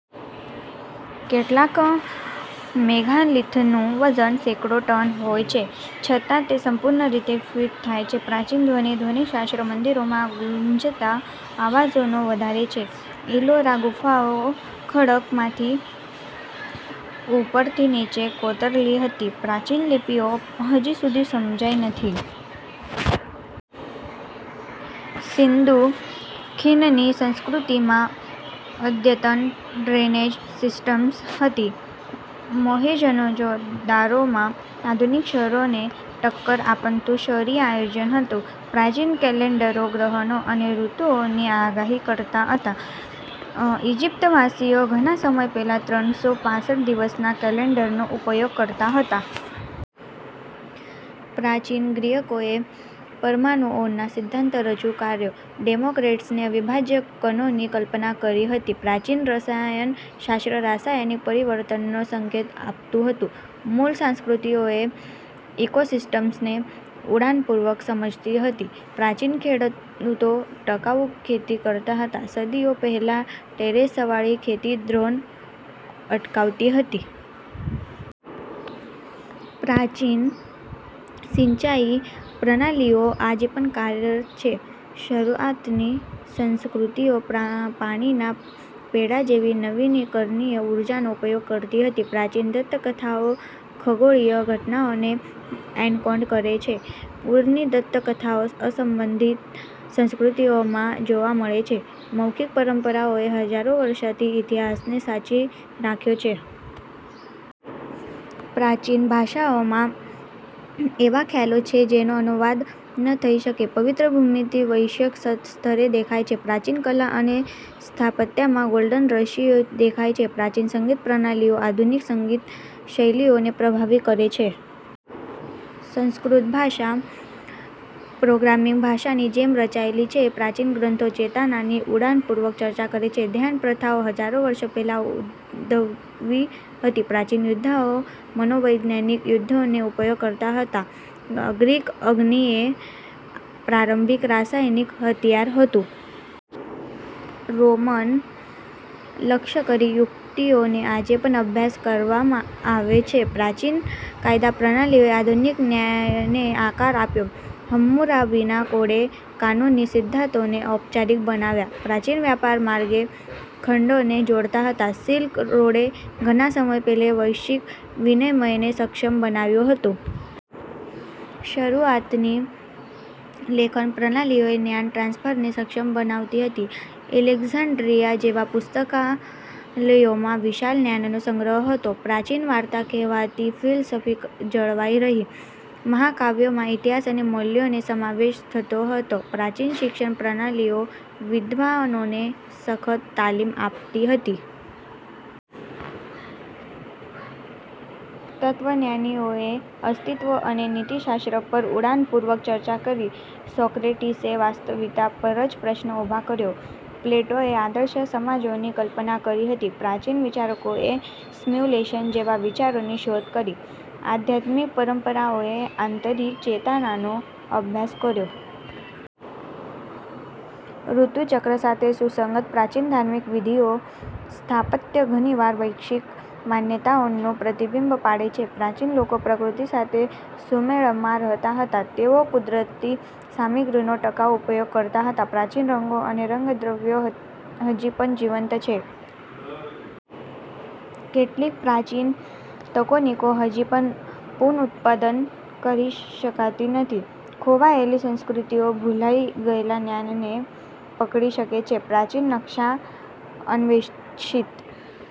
કેટલાક મેગાલિથનું વજન સેંકડો ટન હોય છે છતાં તે સંપૂર્ણ રીતે ફિટ થાય છે. પ્રાચીન ધ્વનિ ધ્વનિશાસ્ત્ર મંદિરોમાં ગુંજતા અવાજોને વધારે છે. ઈલોરા ગુફાઓ ખડકમાંથી ઉપરથી નીચે કોતરેલી હતી. પ્રાચીન લિપિઓ હજુ સુધી સમજાઈ નથી. સિંધુ ખીણની સંસ્કૃતિમાં અદ્યતન ડ્રેનેજ સિસ્ટમ્સ હતી. મોહેંજો-દારોમાં આધુનિક શહેરોને ટક્કર આપતું શહેરી આયોજન હતું. પ્રાચીન કેલેન્ડરો ગ્રહણો અને ઋતુઓની આગાહી કરતા હતા. ઇજિપ્તવાસીઓ ઘણા સમય પહેલા ત્રણ સો પાસઠ દિવસના કેલેન્ડરનો ઉપયોગ કરતા હતા. પ્રાચીન ગ્રીકોએ પરમાણુઓનો સિદ્ધાંત રજૂ કર્યો. ડેમોક્રિટસે અવિભાજ્ય કણોની કલ્પના કરી હતી. પ્રાચીન રસાયણશાસ્ત્ર રાસાયણિક પરિવર્તનનો સંકેત આપતું હતું. મૂળ સંસ્કૃતિઓ ઇકોસિસ્ટમ્સને ઊંડાણપૂર્વક સમજતી હતી. પ્રાચીન ખેડૂતો ટકાઉ ખેતી કરતા હતા. સદીઓ પહેલા ટેરેસવાળી ખેતી ધોવાણ અટકાવતી હતી. પ્રાચીન સિંચાઈ પ્રણાલીઓ આજે પણ કાર્યરત છે. શરૂઆતની સંસ્કૃતિઓ પાણીના પૈડા જેવી નવીનીકરણીય ઉર્જાનો ઉપયોગ કરતી હતી. પ્રાચીન દંતકથાઓ ખગોળીય ઘટનાઓને એન્કોડ કરે છે. પૂરની દંતકથાઓ અસંબંધિત સંસ્કૃતિઓમાં જોવા મળે છે. મૌખિક પરંપરાઓએ હજારો વર્ષોથી ઇતિહાસને સાચવી રાખ્યો છે. પ્રાચીન ભાષાઓમાં એવા ખ્યાલો છે જેનો અનુવાદ ન થઈ શકે. પવિત્ર ભૂમિતિ વૈશ્વિક સ્તરે દેખાય છે. પ્રાચીન કલા અને સ્થાપત્યમાં ગોલ્ડન રેશિયો દેખાય છે. પ્રાચીન સંગીત પ્રણાલીઓ આધુનિક સંગીત શૈલીઓને પ્રભાવિત કરે છે. સંસ્કૃત ભાષા પ્રોગ્રામિંગ ભાષાની જેમ રચાયેલી છે. પ્રાચીન ગ્રંથો ચેતનાની ઊંડાણપૂર્વક ચર્ચા કરે છે. ધ્યાન પ્રથાઓ હજારો વર્ષ પહેલાં ઉદ્ભવી હતી. પ્રાચીન યોદ્ધાઓ મનોવૈજ્ઞાનિક યુદ્ધનો ઉપયોગ કરતા હતા. ગ્રીક અગ્નિ એ પ્રારંભિક રાસાયણિક હથિયાર હતું. રોમન લશ્કરી યુક્તિઓનો આજે પણ અભ્યાસ કરવામાં આવે છે. પ્રાચીન કાયદા પ્રણાલીઓએ આધુનિક ન્યાયને આકાર આપ્યો. હમ્મુરાબીના કોડે કાનૂની સિદ્ધાંતોને ઔપચારિક બનાવ્યા. પ્રાચીન વેપાર માર્ગો ખંડોને જોડતા હતા. સિલ્ક રોડે ઘણા સમય પહેલા વૈશ્વિક વિનિમયને સક્ષમ બનાવ્યું હતું. શરૂઆતની લેખન પ્રણાલીઓ જ્ઞાન ટ્રાન્સફરને સક્ષમ બનાવતી હતી. એલેક્ઝાન્ડ્રિયા જેવા પુસ્તકાલયોમાં વિશાળ જ્ઞાનનો સંગ્રહ હતો. પ્રાચીન વાર્તા કહેવાથી ફિલસૂફી જળવાઈ રહી. મહાકાવ્યોમાં ઇતિહાસ અને મૂલ્યોનો સમાવેશ થતો હતો. પ્રાચીન શિક્ષણ પ્રણાલીઓ વિદ્વાનોને સખત તાલીમ આપતી હતી. તત્વજ્ઞાનીઓએ અસ્તિત્વ અને નીતિશાસ્ત્ર પર ઊંડાણપૂર્વક ચર્ચા કરી. સોક્રેટીસે વાસ્તવિકતા પર જ પ્રશ્ન ઉઠાવ્યો. પ્લેટોએ આદર્શ સમાજોની કલ્પના કરી હતી. પ્રાચીન વિચારકોએ સિમ્યુલેશન જેવા વિચારોની શોધ કરી. આધ્યાત્મિક પરંપરાઓએ આંતરિક ચેતનાનો અભ્યાસ કર્યો. ઋતુચક્ર સાથે સુસંગત પ્રાચીન ધાર્મિક વિધિઓ. સ્થાપત્ય ઘણીવાર વૈશ્વિક માન્યતાઓનું પ્રતિબિંબ પાડે છે. પ્રાચીન લોકો પ્રકૃતિ સાથે સુમેળમાં રહેતા હતા. તેઓ કુદરતી સામગ્રીનો ટકાઉ ઉપયોગ કરતા હતા. પ્રાચીન રંગો અને રંગદ્રવ્યો હજુ પણ જીવંત છે. કેટલીક પ્રાચીન તકનીકો હજુ પણ પુનઃઉત્પાદન કરી શકાતી નથી. ખોવાયેલી સંસ્કૃતિઓ ભૂલી ગયેલા જ્ઞાનને પકડી શકે છે. પ્રાચીન નકશા અન્વેષિત